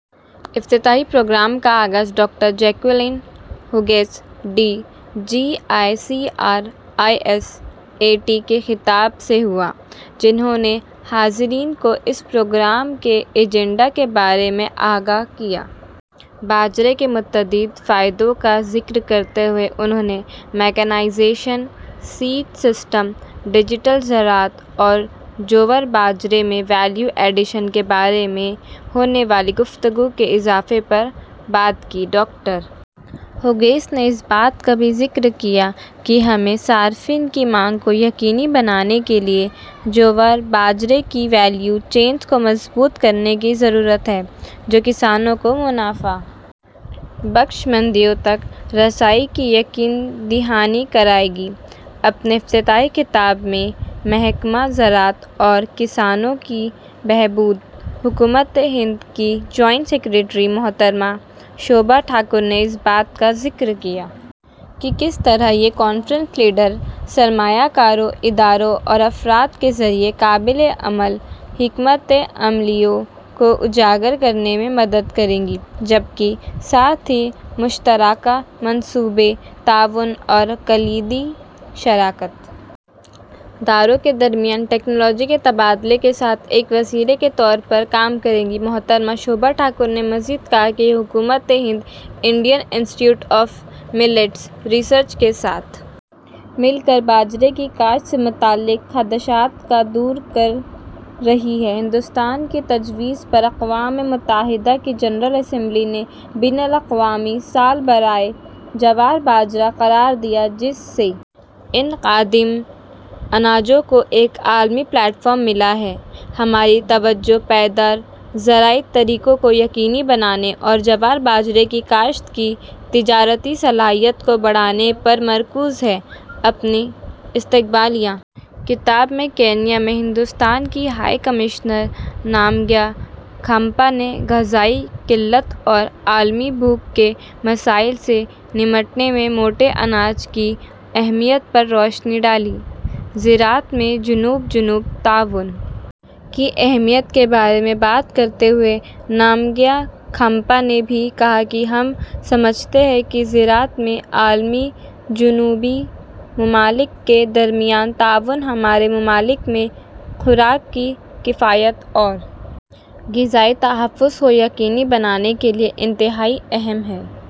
افتتاحی پروگرام کا آغاز doctor Jacqueline Hughes D G I C R I S A T کے خطاب سے ہوا جنہوں نے حاضرین کو اس پروگرام کے ایجنڈے کے بارے میں آگاہ کیا باجرے کے متعدد فوائد کا ذکر کرتے ہوئے انہوں نے میکانائزیشن سیڈ سسٹم ڈیجیٹل زراعت اور جوار باجرے میں ویلیو ایڈیشن کے بارے میں ہونے والی گفتگو کے اضافے پر بات کی ڈاکٹر ہیوز نے اس بات کا بھی ذکر کیا کہ ہمیں صارفین کی مانگ کو یقینی بنانے کے لیے جوار باجرے کی ویلیو چینز کو مضبوط کرنے کی ضرورت ہے جو کسانوں کو منافع بخش منڈیوں تک رسائی کی یقین دہانی کرائے گی اپنے افتتاحی خطاب میں محکمہ زراعت اور کسانوں کی بہبود حکومت ہند کی جوائنٹ سکریٹری محترمہ شوبھا ٹھاکر نے اس بات کا ذکر کیا کہ کس طرح یہ کانفرنس لیڈروں سرمایہ کاروں اداروں اور افراد کے ذریعہ قابل عمل حکمت عملیوں کو اجاگر کرنے میں مدد کرے گی جبکہ ساتھ ہی مشترکہ منصوبے تعاون اور کلیدی شراکت داروں کے درمیان ٹیکنالوجی کے تبادلے کے ساتھ ایک وسیلے کے طور پر کام کرے گی محترمہ شوبھا ٹھاکر نے مزید کہا کہ حکومت Hind Indian Institute of Millets Research کے ساتھ مل کر باجرے کی کاشت سے متعلق خدشات کو دور کر رہی ہے ہندوستان کی تجویز پر اقوام متحدہ کی جنرل اسمبلی نے بین الاقوامی سال برائے جوار باجرہ قرار دیا جس سے ان قدیم اناجوں کو ایک عالمی پلیٹ فارم ملا ہے ہماری توجہ پائیدار زرعی طریقوں کو یقینی بنانے اور جوار باجرے کی کاشت کی تجارتی صلاحیت کو بڑھانے پر مرکوز ہے اپنے استقبالیہ خطاب میں کینیا میں ہندوستان کی ہائی کمشنر نمگیا کھمپا نے غذائی قلت اور عالمی بھوک کے مسائل سے نمٹنے میں موٹے اناج کی اہمیت پر روشنی ڈالی زراعت میں جنوب جنوب تعاون کی اہمیت کے بارے میں بات کرتے ہوئے نمگیا کھمپا نے بھی کہا کہ ہم سمجھتے ہیں کہ زراعت میں عالمی جنوبی ممالک کے درمیان تعاون ہمارے ممالک میں خوراک کی کفایت اور غذائی تحفظ کو یقینی بنانے کے لیے انتہائی اہم ہے